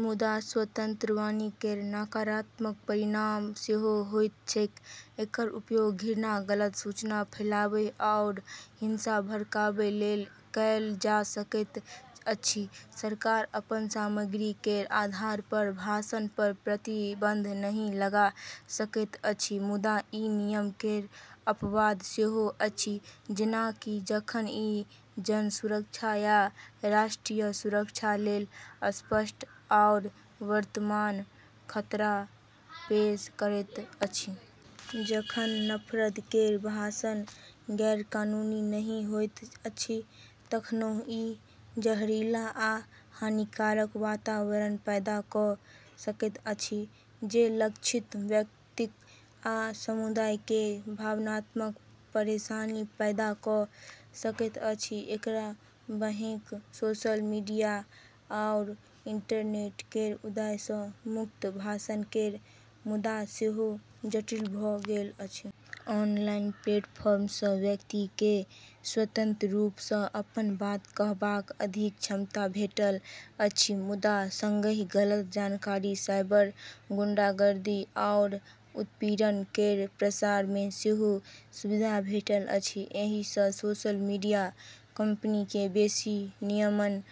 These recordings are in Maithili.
मुदा, स्वतंत्र वाणी केर नकारात्मक परिणाम सेहो होइत छैक। एकर उपयोग घृणा, गलत सूचना फैलाबै आओर हिंसा भड़काबै लेल कएल जा सकैत अछि। सरकार अपन सामग्री केर आधार पर भाषण पर प्रतिबंध नहि लगा सकैत अछि, मुदा ई नियम केर अपवाद सेहो अछि, जेना कि जखन ई जन सुरक्षा या राष्ट्रीय सुरक्षा लेल स्पष्ट आओर वर्तमान खतरा पेश करैत अछि। जखन नफरत केर भाषण गैरकानूनी नहि होइत अछि तखनहु ई जहरीला आ हानिकारक वातावरण पैदा कऽ सकैत अछि, जे लक्षित व्यक्ति आ समुदाय केँ भावनात्मक परेशानी पैदा कऽ सकैत अछि। एकरा बाहेक सोशल मीडिया आओर इंटरनेट केर उदय सँ मुक्त भाषण केर मुद्दा सेहो जटिल भऽ गेल अछि। ऑनलाइन प्लेटफॉर्म सँ व्यक्ति केँ स्वतंत्र रूप सँ अपन बात कहबाक अधिक क्षमता भेटल अछि, मुदा संगहि गलत जानकारी, साइबर गुंडागर्दी, आओर उत्पीड़न केर प्रसार मे सेहो सुविधा भेटल अछि। एहि सँ सोशल मीडिया कंपनी केँ बेसी नियमन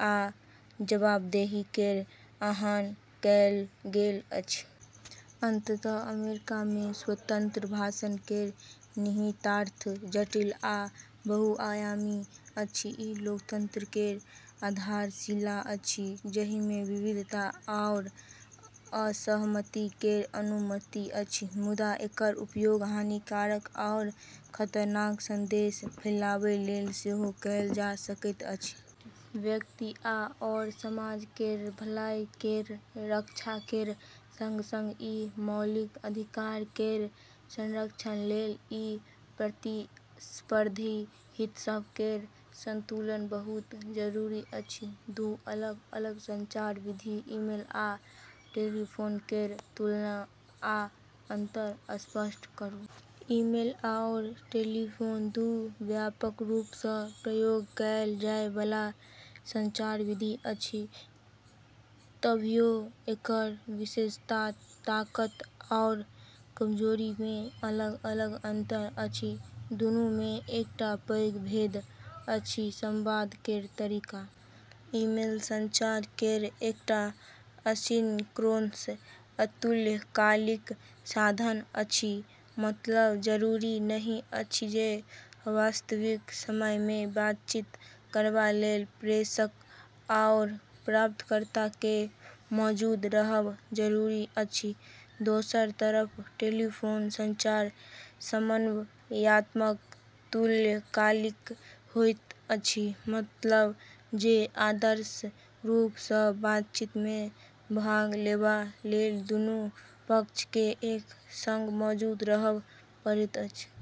आ जवाबदेही केर आह्वान कएल गेल अछि। अंततः अमेरिका मे स्वतंत्र भाषण केर निहितार्थ जटिल आ बहुआयामी अछि। ई लोकतंत्र केर आधारशिला अछि, जाहि मे विविधता आओर असहमति केर अनुमति अछि, मुदा एकर उपयोग हानिकारक आओर खतरनाक संदेश फैलाबै लेल सेहो कएल जा सकैत अछि। व्यक्ति आओर समाज केर भलाई केर रक्षा केर संग-संग ई मौलिक अधिकार केर संरक्षण लेल ई प्रतिस्पर्धी हित सभ केर संतुलन बहुत जरूरी अछि। दू अलग-अलग संचार विधि ईमेल आ टेलीफोन केर तुलना आ अंतर स्पष्ट करू। ईमेल आओर टेलीफोन दू व्यापक रूप सँ प्रयोग कएल जाय बला संचार विधि अछि, तभियो एकर विशेषता, ताकत आओर कमजोरी मे अलग-अलग अंतर अछि। दुनू मे एकटा पैघ भेद अछि संवाद केर तरीका। ईमेल संचार केर एकटा असिंक्रोनस अतुल्यकालिक साधन अछि, मतलब जरूरी नहि अछि जे वास्तविक समय मे बातचीत करबा लेल प्रेषक आओर प्राप्तकर्ता केँ मौजूद रहब जरूरी अछि। दोसर तरफ टेलीफोन संचार समन्वयात्मक तुल्यकालिक होइत अछि, मतलब जे आदर्श रूप सँ बातचीत मे भाग लेबा लेल दुनू पक्ष केँ एक संग मौजूद रहब पड़ैत अछि।